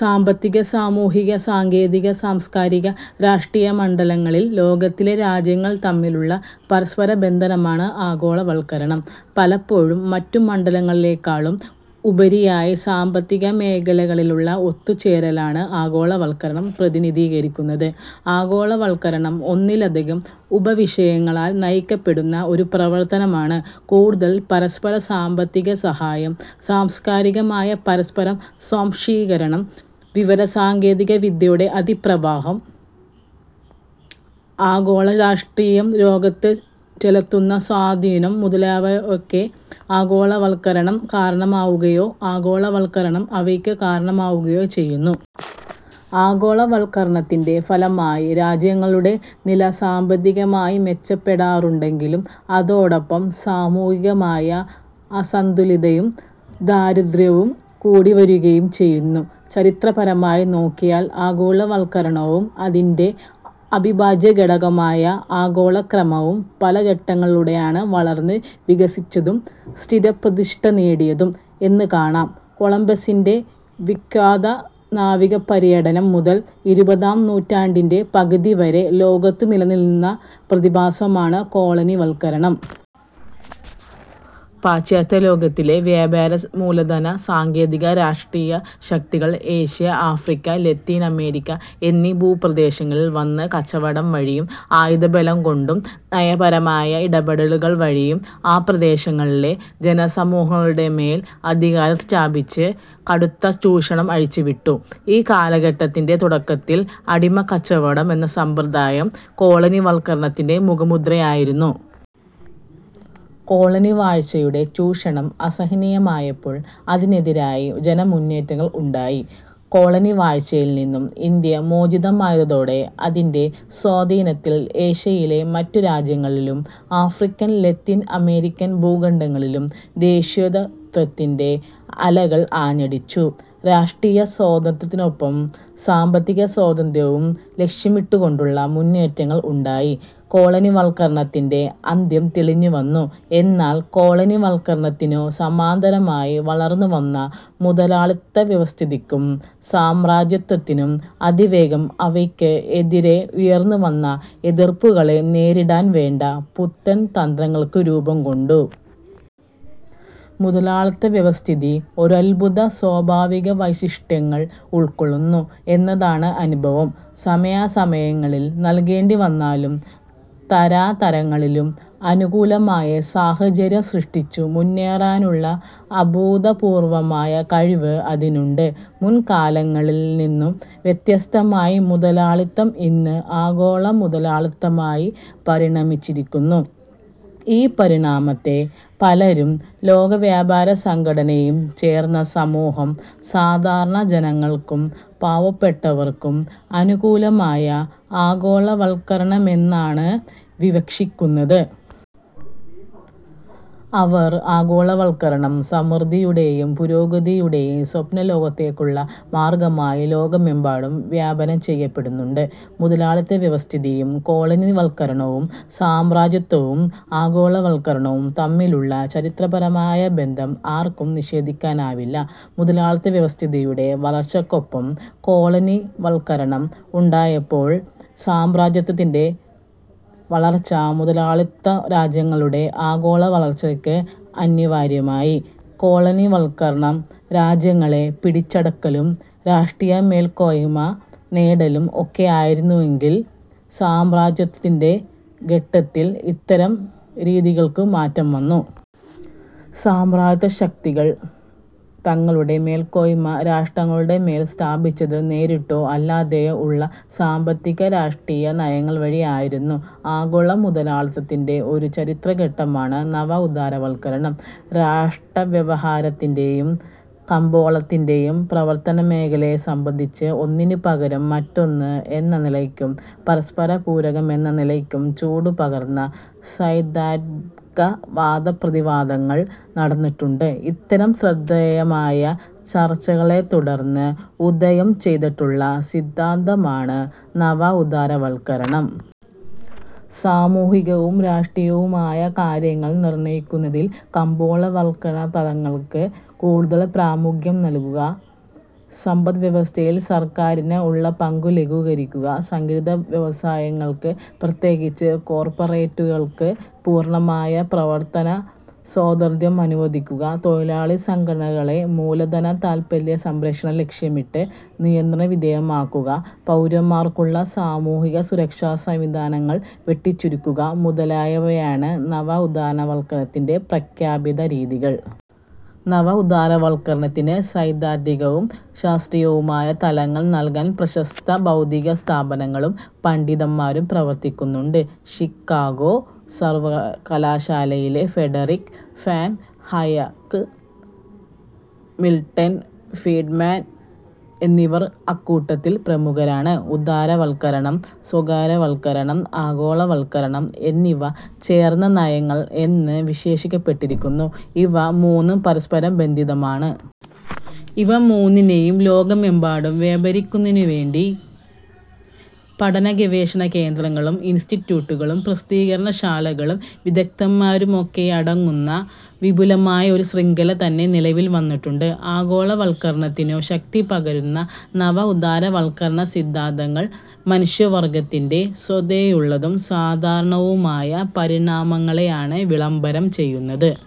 സാമ്പത്തിക, സാമൂഹിക, സാങ്കേതിക, സാംസ്കാരിക, രാഷ്ട്രീയ മണ്ഡലങ്ങളിൽ ലോകത്തിലെ രാജ്യങ്ങൾ തമ്മിലുള്ള പരസ്പര ബന്ധനമാണ് ആഗോളവൽക്കരണം. പലപ്പോഴും മറ്റുമണ്ഡലങ്ങളിലേക്കാളും ഉപരിയായി സാമ്പത്തിക മേഖലകളിലുള്ള ഒത്തുചേരലാണ് ആഗോളവൽക്കരണം പ്രതിനിധീകരിക്കുന്നത്. ആഗോളവൽക്കരണം ഒന്നിലധികം ഉപവിഷയങ്ങളാൽ നയിക്കപ്പെടുന്ന ഒരു പ്രവർത്തനമാണ്. കൂടുതൽ പരസ്പര സാമ്പത്തിക സഹായം, സാംസ്കാരികമായ പരസ്പര സ്വാംശീകരണം, വിവര സാങ്കേതിക വിദ്യയുടെ അതിപ്രഭാവം, ആഗോള രാഷ്ട്രീയം ലോകത്ത് ചെലുത്തുന്ന സ്വാധീനം മുതലായവയൊക്കെ ആഗോളവൽക്കരണം കാരണമാവുകയോ ആഗോളവൽക്കരണം അവയ്ക്ക് കാരണമാവുകയോ ചെയ്യുന്നു. ആഗോളവൽക്കരണത്തിന്റെ ഫലമായി രാജ്യങ്ങളുടെ നില സാമ്പത്തികമായി മെച്ചപ്പെടാറുണ്ടെങ്കിലും, അതോടൊപ്പം സാമൂഹികമായ അസന്തുലിതയും, ദാരിദ്ര്യവും കൂടിവരികയും ചെയ്യുന്നു. ചരിത്രപരമായി നോക്കിയാൽ ആഗോളവൽക്കരണവും അതിന്റെ അവിഭാജ്യഘടകമായ ആഗോളക്രമവും പല ഘട്ടങ്ങളിലൂടെയാണ് വളർന്നു വികസിച്ചതും സ്ഥിരപ്രതിഷ്ടനേടിയതും എന്ന് കാണാം. കൊളംബസ്സിന്റെ വിഖ്യാത നാവികപര്യടനം മുതൽ ഇരുപതാം നൂറ്റാണ്ടിന്റെ പകുതിവരെ ലോകത്തു നിലനിന്നിരുന്ന പ്രതിഭാസമാണ് കോളനിവൽക്കരണം. പാശ്ചാത്യലോകത്തിലെ വ്യാപാര, മൂലധന, സാങ്കേതിക, രാഷ്ട്രീയ ശക്തികൾ ഏഷ്യ, ആഫ്രിക്ക, ലത്തീൻ അമേരിക്ക എന്നീ ഭൂപ്രദേശങ്ങളിൽ വന്ന് കച്ചവടം വഴിയും ആയുധബലം കൊണ്ടും നയപരമായ ഇടപെടലുകൾ വഴിയും ആ പ്രദേശങ്ങളിലെ ജനസമൂഹങ്ങളുടെമേൽ അധികാരം സ്ഥാപിച്ച് കടുത്ത ചൂഷണം അഴിച്ചുവിട്ടു. ഈ കാലഘട്ടത്തിന്റെ തുടക്കത്തിൽ അടിമക്കച്ചവടം എന്ന സമ്പ്രദായം കോളനിവൽക്കരണത്തിന്റെ മുഖമുദ്രയായിരുന്നു. കോളനിവാഴ്ചയുടെ ചൂഷണം അസഹനീയമായപ്പോൾ, അതിനെതിരായി ജനമുന്നേറ്റങ്ങൾ ഉണ്ടായി. കോളനിവാഴ്ചയിൽനിന്നും ഇന്ത്യ മോചിതമായതോടെ അതിന്റെ സ്വാധീനത്തിൽ ഏഷ്യയിലെ മറ്റുള്ള രാജ്യങ്ങളിലും, ആഫ്രിക്കൻ, ലത്തീൻ അമേരിക്കൻ ഭൂഖണ്ഡങ്ങളിലും ദേശീയത്വത്തിന്റെ അലകൾ ആഞ്ഞടിച്ചു. രാഷ്ട്രീയസ്വാതന്ത്ര്യത്തിനൊപ്പം, സാമ്പത്തിക സ്വാതന്ത്ര്യവും ലക്ഷ്യമിട്ടുകൊണ്ടുള്ള മുന്നേറ്റങ്ങൾ ഉണ്ടായി. കോളനിവൽക്കരണത്തിന്റെ അന്ത്യം തെളിഞ്ഞുവന്നു. എന്നാൽ കോളനിവൽക്കരണത്തിനു സമാന്തരമായി വളർന്നുവന്ന മുതലാളിത്തവ്യവസ്ഥിതിക്കും സാമ്രാജ്യത്വത്തിനും അതിവേഗം അവയ്ക്ക് എതിരെ ഉയർന്നുവന്ന എതിർപ്പുകളെ നേരിടാൻ വേണ്ട പുത്തൻ തന്ത്രങ്ങൾക്കു രൂപം കൊണ്ടു. മുതലാളിത്ത വ്യവസ്ഥിതി ഒരത്ഭുത സ്വഭാവവൈശിഷ്ട്യങ്ങൾ ഉൾക്കൊള്ളുന്നു എന്നതാണ് അനുഭവം. സമയാസമയങ്ങളിൽ നൽകേണ്ടിവന്നാലും തരാതരങ്ങളിലും അനുകൂലമായ സാഹചര്യം സൃഷ്ടിച്ചു മുന്നേറാനുള്ള അഭൂതപൂർവമായ കഴിവ് അതിനുണ്ട്. മുൻകാലങ്ങളിൽ നിന്നു വ്യത്യസ്തമായി മുതലാളിത്തം ഇന്ന് ആഗോളമുതലാളിത്തമായി പരിണമിച്ചിരിക്കുന്നു. ഈ പരിണാമത്തെ പലരും ലോകവ്യാപാരസംഘടനയും ചേർന്ന സമൂഹം സാധാരണ ജനങ്ങൾക്കും പാവപ്പെട്ടവർക്കും അനുകൂലമായ ആഗോളവൽക്കരണമെന്നാണ് വിവക്ഷിക്കുന്നത്. അവർ ആഗോളവൽക്കരണം സമൃദ്ധിയുടേയും പുരോഗതിയുടേയും സ്വപ്നലോകത്തേക്കുള്ള മാർഗ്ഗമായി ലോകമെമ്പാടും വ്യാപനം ചെയ്യപ്പെടുന്നുണ്ട്. മുതലാളിത്തവ്യവസ്ഥിതിയും കോളനിവൽക്കരണവും സാമ്രാജ്യത്വവും ആഗോളവൽക്കരണവും തമ്മിലുള്ള ചരിത്രപരമായ ബന്ധം ആർക്കും നിഷേധിക്കാനാവില്ല. മുതലാളിത്തവ്യവസ്ഥിതിയുടെ വളർച്ചയ്ക്കൊപ്പം കോളനിവൽകരണം ഉണ്ടായപ്പോൾ സാമ്രാജ്യത്വത്തിന്റെ വളർച്ച മുതലാളിത്തരാജ്യങ്ങളുടെ ആഗോളവളർച്ചയ്ക്ക് അനിവാര്യമായി. കോളനിവൽക്കരണം രാജ്യങ്ങളെ പിടിച്ചടക്കലും, രാഷ്ട്രീയമേൽക്കോയ്മ നേടലും ഒക്കെ ആയിരുന്നെങ്കിൽ, സാമ്രാജ്യത്വത്തിന്റെ ഘട്ടത്തിൽ ഇത്തരം രീതികൾക്കു മാറ്റം വന്നു. സാമ്രാജ്യത്വശക്തികൾ തങ്ങളുടെ മേൽക്കോയ്മ രാഷ്ട്രങ്ങളുടെമേൽ സ്ഥാപിച്ചത്, നേരിട്ടോ അല്ലാതയോ ഉള്ള സാമ്പത്തിക, രാഷ്ട്രീയ നയങ്ങൾവഴി ആയിരുന്നു. ആഗോളമുതലാളിത്തത്തിന്റെ ഒരു ചരിത്രഘട്ടമാണ് നവഉദാരവൽക്കരണം രാഷ്ട്രവ്യവഹാരത്തിന്റെയും കമ്പോളത്തിന്റെയും പ്രവർത്തനമേഖലയെ സംബന്ധിച്ച് ഒന്നിനുപകരം മറ്റൊന്ന് എന്ന നിലയ്ക്കും, പരസ്പരപൂരകമെന്നനിലയ്ക്കും ചൂടു പകർന്ന സൈദ്ധാന്തികവാദപ്രതിവാദങ്ങൾ നടന്നിട്ടുണ്ട്. ഇത്തരം ശ്രദ്ധേയമായ ചർച്ചകളെത്തുടർന്ന് ഉദയം ചെയ്തിട്ടുള്ള സിദ്ധാന്തമാണ് നവ ഉദാരവൽക്കരണം. സാമൂഹികവും രാഷ്ട്രീയവുമായ കാര്യങ്ങൾ നിർണയിക്കുന്നതിൽ കമ്പോളവൽക്കരണത്തലങ്ങൾക്ക് കൂടുതൽ പ്രാമുഖ്യം നൽകുക, സമ്പദ് വ്യവസ്ഥയിൽ സർക്കാരിന് ഉള്ള പങ്കു ലഘൂകരിക്കുക, സംഘടിത വ്യവസായങ്ങൾക്ക്, പ്രത്യേകിച്ച് കോർപ്പറേറ്റുകൾക്ക്, പൂർണമായ പ്രവർത്തന സ്വാതന്ത്രം അനുവദിക്കുക, തൊഴിലാളിസംഘടനകളെ മൂലധന താൽപര്യ സംരക്ഷണം ലക്ഷ്യമിട്ട് നിയന്ത്രണവിധേയമാക്കുക, പൗരന്മാർക്കുള്ള സാമൂഹികസുരക്ഷാസംവിധാനങ്ങൾ വെട്ടിച്ചുരുക്കുക മുതലായവയാണ് നവ ഉദാരവൽക്കരണത്തിന്റെ പ്രഖ്യാപിത രീതികൾ. നവ ഉദാരവൽക്കരണത്തിനു സൈദ്ധാന്തികവും ശാസ്ത്രീയവുമായ തലങ്ങൾ നൽകാൻ പ്രശസ്ത ബൗദ്ധികസ്ഥാപനങ്ങളും പണ്ഡിതന്മാരും പ്രവർത്തിക്കുന്നുണ്ട്. ഷിക്കാഗോ സർവകലാശാലയിലെ ഫ്രെഡറിക്ക് ഫൊൻ ഹായക്ക്, മിൾട്ടൺ ഫ്രീഡ്മാൻ എന്നിവർ അക്കൂട്ടത്തിൽ പ്രമുഖരാണ്. ഉദാരവൽക്കരണം, സ്വകാര്യവൽക്കരണം, ആഗോളവൽക്കരണം എന്നിവ ചേർന്ന നയങ്ങൾ എന്ന് വിശേഷിപ്പിക്കപ്പെട്ടിരിക്കുന്നു. ഇവ മൂന്നും പരസ്പരം ബന്ധിതമാണ്. ഇവ മൂന്നിനെയും ലോകമെമ്പാടും വ്യാപരിപ്പിക്കുന്നതിനുവേണ്ടി പഠനഗവേഷണകേന്ദ്രങ്ങളും ഇൻസ്റ്റിറ്റ്യൂട്ടുകളും പ്രസിദ്ധീകരണശാലകളും വിദഗ്ദ്ധന്മാരുമൊക്കെയടങ്ങുന്ന വിപുലമായ ഒരു ശൃംഖലതന്നെ നിലവിൽ വന്നിട്ടുണ്ട്. ആഗോളവൽക്കരണത്തിനു ശക്തിപകരുന്ന നവ ഉദാരവൽക്കരണ സിദ്ധാന്തങ്ങൾ മനുഷ്യവർഗത്തിന്റെ സ്വതേയുള്ളതും സാധാരണവുമായ പരിണാമങ്ങളെയാണ് വിളംബരം ചെയ്യുന്നത്.